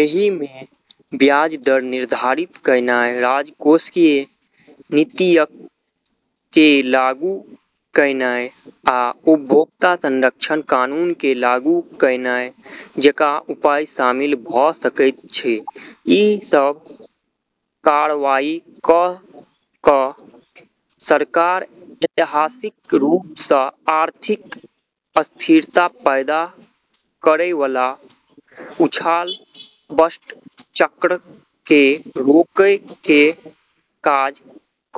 एहिमे ब्याज दर निर्धारित कयनाय, राजकोषीय नीतियक केँ लागू कयनाय, आ उपभोक्ता-संरक्षण कानून केँ लागू कयनाय जकाँ उपाय शामिल भऽ सकैत छै। ई सब कार्रवाई कऽ कऽ सरकार ऐतिहासिक रूप सँ आर्थिक अस्थिरता पैदा करयवला उछाल-बस्ट चक्र केँ रोकै केर काज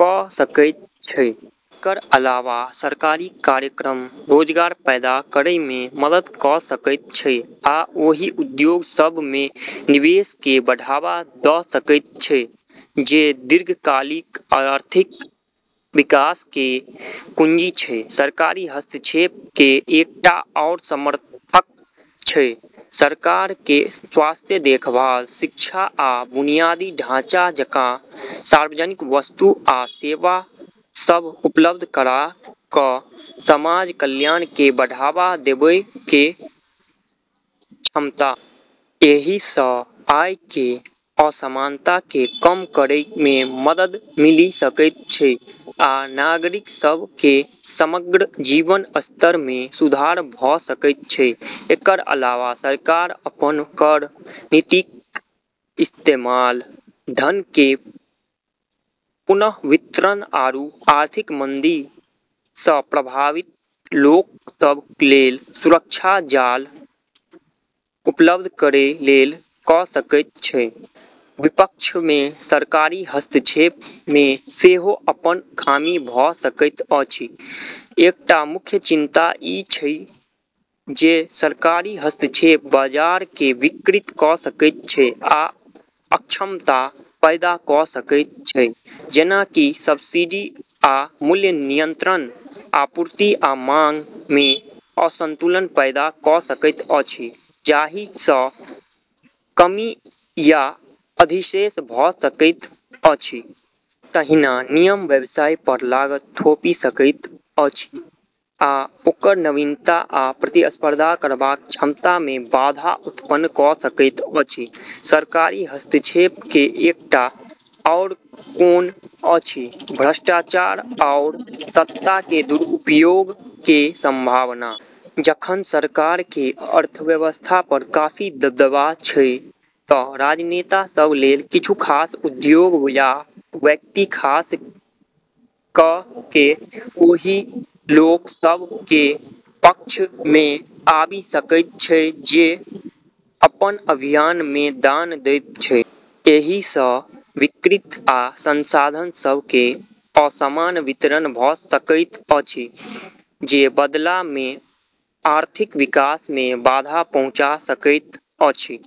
कऽ सकैत छै। एकर अलावा सरकारी कार्यक्रम रोजगार पैदा करै मे मदद कऽ सकैत छै आ ओहि उद्योग सभ मे निवेश केँ बढ़ावा दऽ सकैत छै जे दीर्घकालिक आर्थिक विकास केर कुंजी छै। सरकारी हस्तक्षेप केर एकटा आओर समर्थक छै सरकार केर स्वास्थ्य देखभाल, शिक्षा, आ बुनियादी ढाँचा जकाँ सार्वजनिक वस्तु आ सेवा सभ उपलब्ध करा कऽ समाज कल्याण केँ बढ़ावा देबै केर क्षमता। एहि सँ आय केर असमानता केँ कम करै मे मदद मिलि सकैत छै आ नागरिक सभ केर समग्र जीवन स्तर मे सुधार भऽ सकैत छै। एकर अलावा सरकार अपन कर नीतिक इस्तेमाल धन केर पुनर्वितरण आरू आर्थिक मंदी सँ प्रभावित लोक सभ लेल सुरक्षा जाल उपलब्ध करै लेल कऽ सकैत छै। विपक्ष मे सरकारी हस्तक्षेप मे सेहो अपन खामी भऽ सकैत अछि। एकटा मुख्य चिंता ई छै जे सरकारी हस्तक्षेप बाजार केँ विकृत कऽ सकैत छै आ अक्षमता पैदा कऽ सकैत छै। जेना कि सब्सिडी आ मूल्य नियंत्रण आपूर्ति आ मांग मे असंतुलन पैदा कऽ सकैत अछि, जाहि सँ कमी या अधिशेष भऽ सकैत अछि। तहिना नियम व्यवसाय पर लागत थोपि सकैत अछि आ ओकर नवीनता आ प्रतिस्पर्धा करबाक क्षमता मे बाधा उत्पन्न कऽ सकैत अछि। सरकारी हस्तक्षेप केर एकटा आओर कॉन अछि भ्रष्टाचार आओर सत्ता केर दुरुपयोग केर संभावना। जखन सरकार केर अर्थव्यवस्था पर काफी दबदबा छै तँ राजनेता सभ लेल किछु खास उद्योग या व्यक्ति खास कऽ कऽ ओहि लोक सभ केर पक्ष मे आबि सकैत छै जे अपन अभियान मे दान दैत छै। एहि सँ बाजार विकृत आ संसाधन सभ केर असमान वितरण भऽ सकैत अछि, जे बदला मे आर्थिक विकास मे बाधा पहुँचा सकैत अछि।